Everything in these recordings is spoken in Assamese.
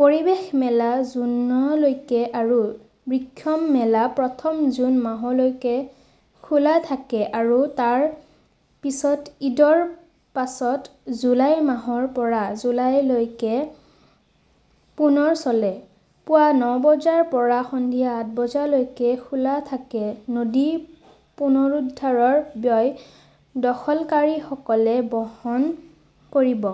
পৰিৱেশ মেলা জুনলৈকে আৰু বৃক্ষ মেলা প্ৰথমে জুন মাহলৈকে খোলা থাকে আৰু তাৰ পিছত ঈদৰ পাছত জুলাই মাহৰ পৰা জুলাইলৈকে পুনৰ চলে। পুৱা ন বজাৰ পৰা সন্ধিয়া আঠ বজালৈকে খোলা থাকে। নদী পুনৰুদ্ধাৰৰ ব্যয় দখলকাৰীসকলে বহন কৰিব।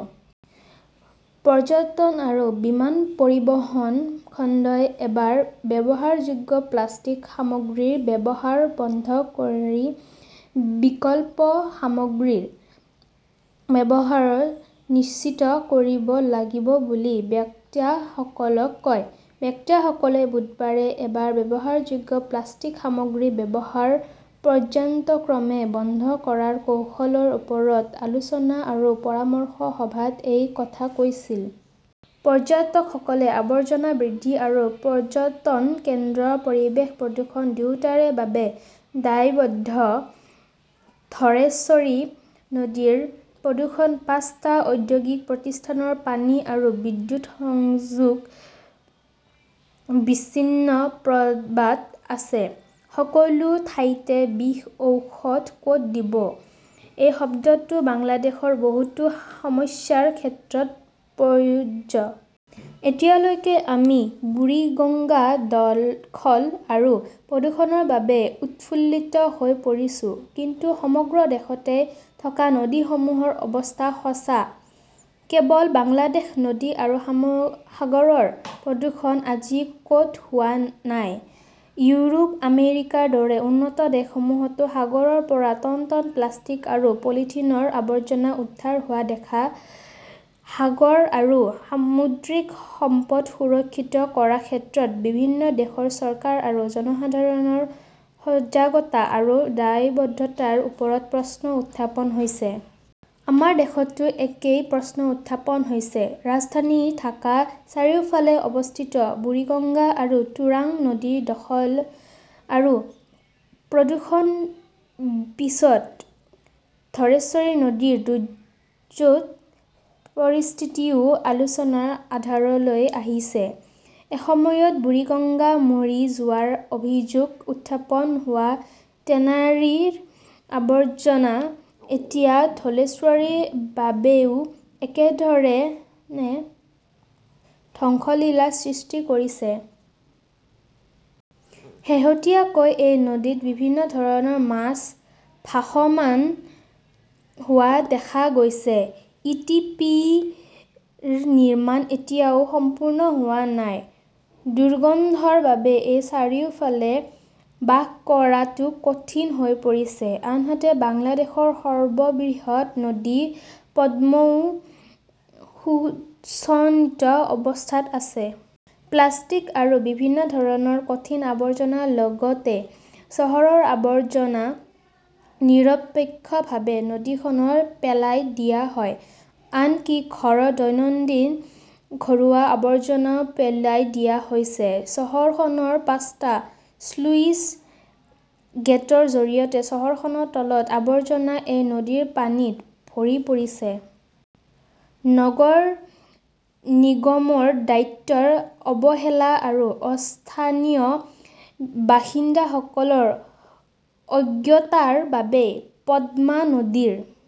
পৰ্যটন আৰু বিমান পৰিবহণ খণ্ডই এবাৰ ব্যৱহাৰযোগ্য প্লাষ্টিক সামগ্ৰীৰ ব্যৱহাৰ বন্ধ কৰি বিকল্প সামগ্ৰীৰ ব্যৱহাৰ নিশ্চিত কৰিব লাগিব বুলি বক্তাসকলে কয়। বক্তাসকলে বুধবাৰে এবাৰ ব্যৱহাৰযোগ্য প্লাষ্টিক সামগ্ৰীৰ ব্যৱহাৰ, পৰ্য্যায়ক্ৰমে বন্ধ কৰাৰ কৌশলৰ ওপৰত আলোচনা আৰু পৰামৰ্শ সভাত এই কথা কৈছিল। পৰ্যটকসকলে আৱৰ্জনা বৃদ্ধি আৰু পৰ্যটন কেন্দ্ৰৰ পৰিৱেশ প্ৰদূষণ দুয়োটাৰে বাবে দায়বদ্ধ। ধৰেশ্বৰী নদীৰ প্ৰদূষণঃ পাঁচটা ঔদ্যোগিক প্ৰতিষ্ঠানৰ পানী আৰু বিদ্যুৎ সংযোগ বিচ্ছিন্ন প্রবাদ আছে, "সকলো ঠাইতে বিষ, ঔষধ ক'ত দিব? "এই শব্দটো বাংলাদেশৰ বহুতো সমস্যাৰ ক্ষেত্ৰত প্ৰয়োজ্য। এতিয়ালৈকে আমি বুৰিগঙ্গা দখল আৰু প্ৰদূষণৰ বাবে উৎফুল্লিত হৈ পৰিছো। কিন্তু সমগ্ৰ দেশতে থকা নদীসমূহৰ অৱস্থা সঁচা। কেৱল বাংলাদেশ, নদী আৰু সাগৰৰ প্ৰদূষণ আজি ক'ত হোৱা নাই? ইউৰোপ, আমেৰিকাৰ দৰে উন্নত দেশসমূহত সাগৰৰ পৰা টন টন প্লাষ্টিক আৰু পলিথিনৰ আৱৰ্জনা উদ্ধাৰ হোৱা দেখি সাগৰ আৰু সামুদ্ৰিক সম্পদ সুৰক্ষিত কৰাৰ ক্ষেত্ৰত বিভিন্ন দেশৰ চৰকাৰ আৰু জনসাধাৰণৰ সজাগতা আৰু দায়বদ্ধতাৰ ওপৰত প্ৰশ্ন উত্থাপন হৈছে। আমাৰ দেশতো একেই প্ৰশ্ন উত্থাপন হৈছে। ৰাজধানী ঢাকাৰ চাৰিওফালে অৱস্থিত বুৰিগঙ্গা আৰু তুৰাং নদী দখল আৰু প্ৰদূষণৰ পিছত ধৰেশ্বৰী নদীৰ দুৰ্যোগ পৰিস্থিতিও আলোচনাৰ আধাৰলৈ আহিছে। এসময়ত বুৰিগঙ্গা মৰি যোৱাৰ অভিযোগ উত্থাপন হোৱা টেনাৰীৰ আৱৰ্জনা এতিয়া ধলেশ্বৰীৰ বাবেও একেধৰণে ধ্বংসলীলাৰ সৃষ্টি কৰিছে। শেহতীয়াকৈ এই নদীত বিভিন্ন ধৰণৰ মাছ ভাসমান হোৱা দেখা গৈছে। ই. টি. পি. ৰ নিৰ্মাণ এতিয়াও সম্পূৰ্ণ হোৱা নাই, দুৰ্গন্ধৰ বাবে ইয়াৰ চাৰিওফালে বাস কৰাটো কঠিন হৈ পৰিছে। আনহাতে, বাংলাদেশৰ সৰ্ববৃহৎ নদী পদ্মাও শোচনীয় অৱস্থাত আছে। প্লাষ্টিক আৰু বিভিন্ন ধৰণৰ কঠিন আৱৰ্জনাৰ লগতে চহৰৰ আৱৰ্জনা নিৰপেক্ষভাৱে নদীখনত পেলাই দিয়া হয়। আনকি ঘৰৰ দৈনন্দিন ঘৰুৱা আৱৰ্জনাও পেলাই দিয়া হৈছে। চহৰখনৰ পাঁচটা শ্লুইচ গেটৰ জৰিয়তে চহৰখনৰ তৰল আৱৰ্জনা এই নদীৰ পানীত ভৰি পৰিছে। নগৰ নিগমৰ দায়িত্বৰ অৱহেলা আৰু স্থানীয় বাসিন্দাসকলৰ অজ্ঞতাৰ বাবে পদ্মা নদীৰ